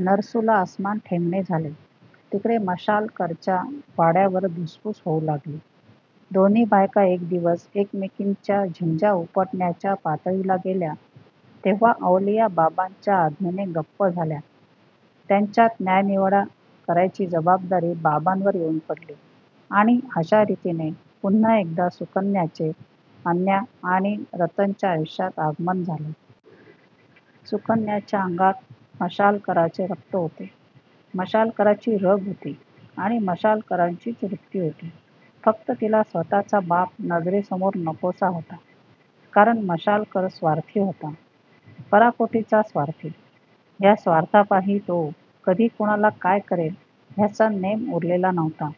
नरसूला अस्मान ठेंगणे झाले. तिकडे मशालकरच्या वाड्यावर धुसफूस होऊ लागली. दोन्ही बायका एक दिवस एकमेकींच्या झिंज्या उपटण्याच्या पातळीला गेल्या तेव्हा अवलिया बाबांच्या आज्ञेने गप्प झाल्या. त्यांच्यात न्यायनिवाडा करायची जबाबदारी बाबांवर येऊन पडली. आणि अशा रीतीने, पुन्हा एकदा सुकन्याचे अन्या आणि रतनच्या आयुष्यात आगमन झाले. सुकन्याच्या अंगात मशालकराचे रक्त होते, मशालकराची रग होती आणि मशालकराचीच वृत्ती होती. फक्त तिला स्वतःचा बाप नजरेसमोर नकोसा होता. कारण मशालकर स्वार्थी होता. पराकोटीचा स्वार्थी. ह्या स्वार्थापायी तो कधी कोणाला काय करेल ह्याचा नेम उरलेला नव्हता.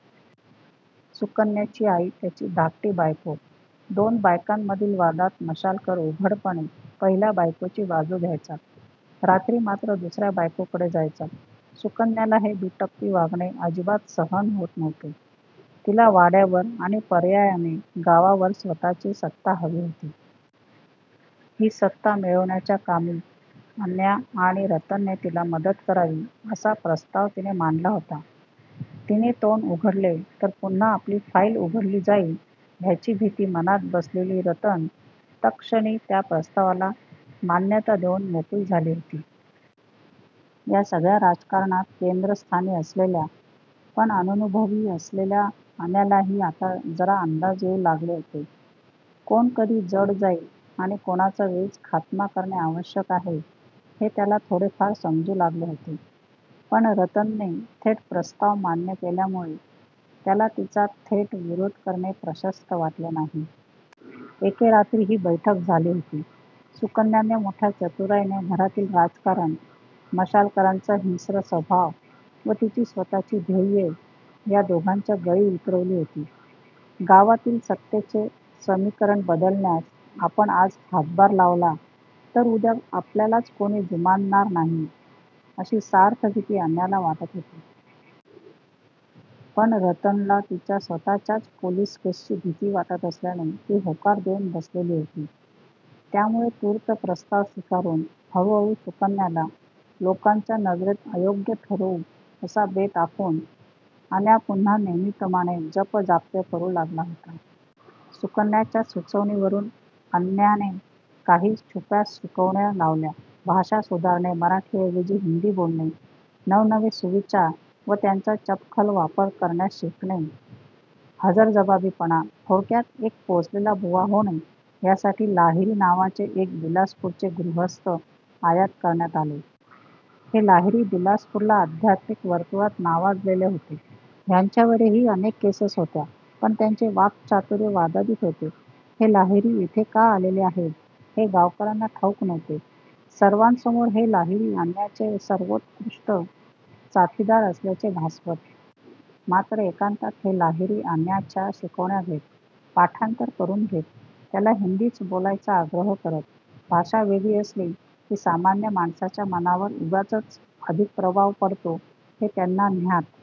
सुकन्याची आई त्याची धाकटी बायको. दोन बायकांमधील वादात मशालकर उघडपणे पहिल्या बायकोची बाजू घ्यायचा. रात्री मात्र दुसऱ्या बायकोकडे जायचा. सुकन्याला हे दुटप्पी वागणे अजिबात सहन होत नव्हते. तिला वाड्यावर आणि पर्यायाने गावावर स्वतःची सत्ता हवी होती. ही सत्ता मिळवण्याच्या कामी अन्या आणि रतनने तिला मदत करावी असा प्रस्ताव तिने मांडला होता. तिने तोंड उघडले तर पुन्हा आपली फाईल उघडली जाईल ह्याची भीती मनात बसलेली रतन तत्क्षणी ह्या प्रस्तावाला मान्यता देऊन मोकळी झाली होती. ह्या सगळ्या राजकारणात केंद्रस्थानी असलेल्या पण अननुभवी असलेल्या अन्यालाही आता जरा अंदाज येऊ लागले होते. कोण कधी जड जाईल आणि कोणाचा वेळीच खातमा करणे आवश्यक आहे हे त्याला थोडेफार समजू लागले होते. पण रतनने थेट प्रस्ताव मान्य केल्यामुळे त्याला तिचा थेट विरोध करणे प्रशस्त वाटले नाही. एके रात्री ही बैठक झाली होती. सुकन्याने मोठ्या चतुराईने घरातील राजकारण, मशालकरचा हिंस्त्र स्वभाव व तिची स्वतःची ध्येये ह्या दोघांच्या गळी उतरवली होती. गावातील सत्तेचे समीकरण बदलण्यास आपण आज हातभार लावला तर उद्या आपल्यालाच कोणी जुमानणार नाही अशी सार्थ भीती अन्याला वाटत होती. पण रतनला तिच्या स्वतःच्याच पोलिस केसची भीती वाटत असल्याने ती होकार देऊन बसलेली होती. त्यामुळे तूर्त प्रस्ताव स्वीकारून हळूहळू सुकन्याला लोकांच्या नजरेत अयोग्य ठरवू असा बेत आखून अन्या पुन्हा नेहमीप्रमाणे जपजाप्य करू लागला होता. सुकन्याच्याच सुचवणीवरून अन्याने काही छुप्या शिकवण्या लावल्या. भाषा सुधारणे, मराठीऐवजी हिंदी बोलणे, नवनवे सुविचार व त्यांचा चपखल वापर करण्यास शिकणे, हजरजबाबीपणा, थोडक्यात एक पोचलेला बुवा होणे ह्यासाठी लाहिरी नावाचे एक बिलासपूरचे गृहस्थ आयात करण्यात आले. हे लाहिरी बिलासपूरला अध्यात्मिक वर्तुळात नावाजलेले होते. ह्यांच्यावरही अनेक केसेस होत्या. पण त्यांचे वाक्चातुर्य वादातीत होते. हे लाहिरी येथे का आलेले आहेत हे गावकऱ्यांना ठाऊक नव्हते. सर्वांसमोर हे लाहिरी अन्याचे सर्वोत्कृष्ट साथीदार असल्याचे भासवत. मात्र एकांतात हे लाहिरी अन्याच्या शिकवण्या घेत. पाठांतर करून घेत. त्याला हिंदीच बोलायचा आग्रह करत. भाषा वेगळी असली की सामान्य माणसाच्या मनावर उगाचच अधिक प्रभाव पडतो हे त्यांना ज्ञात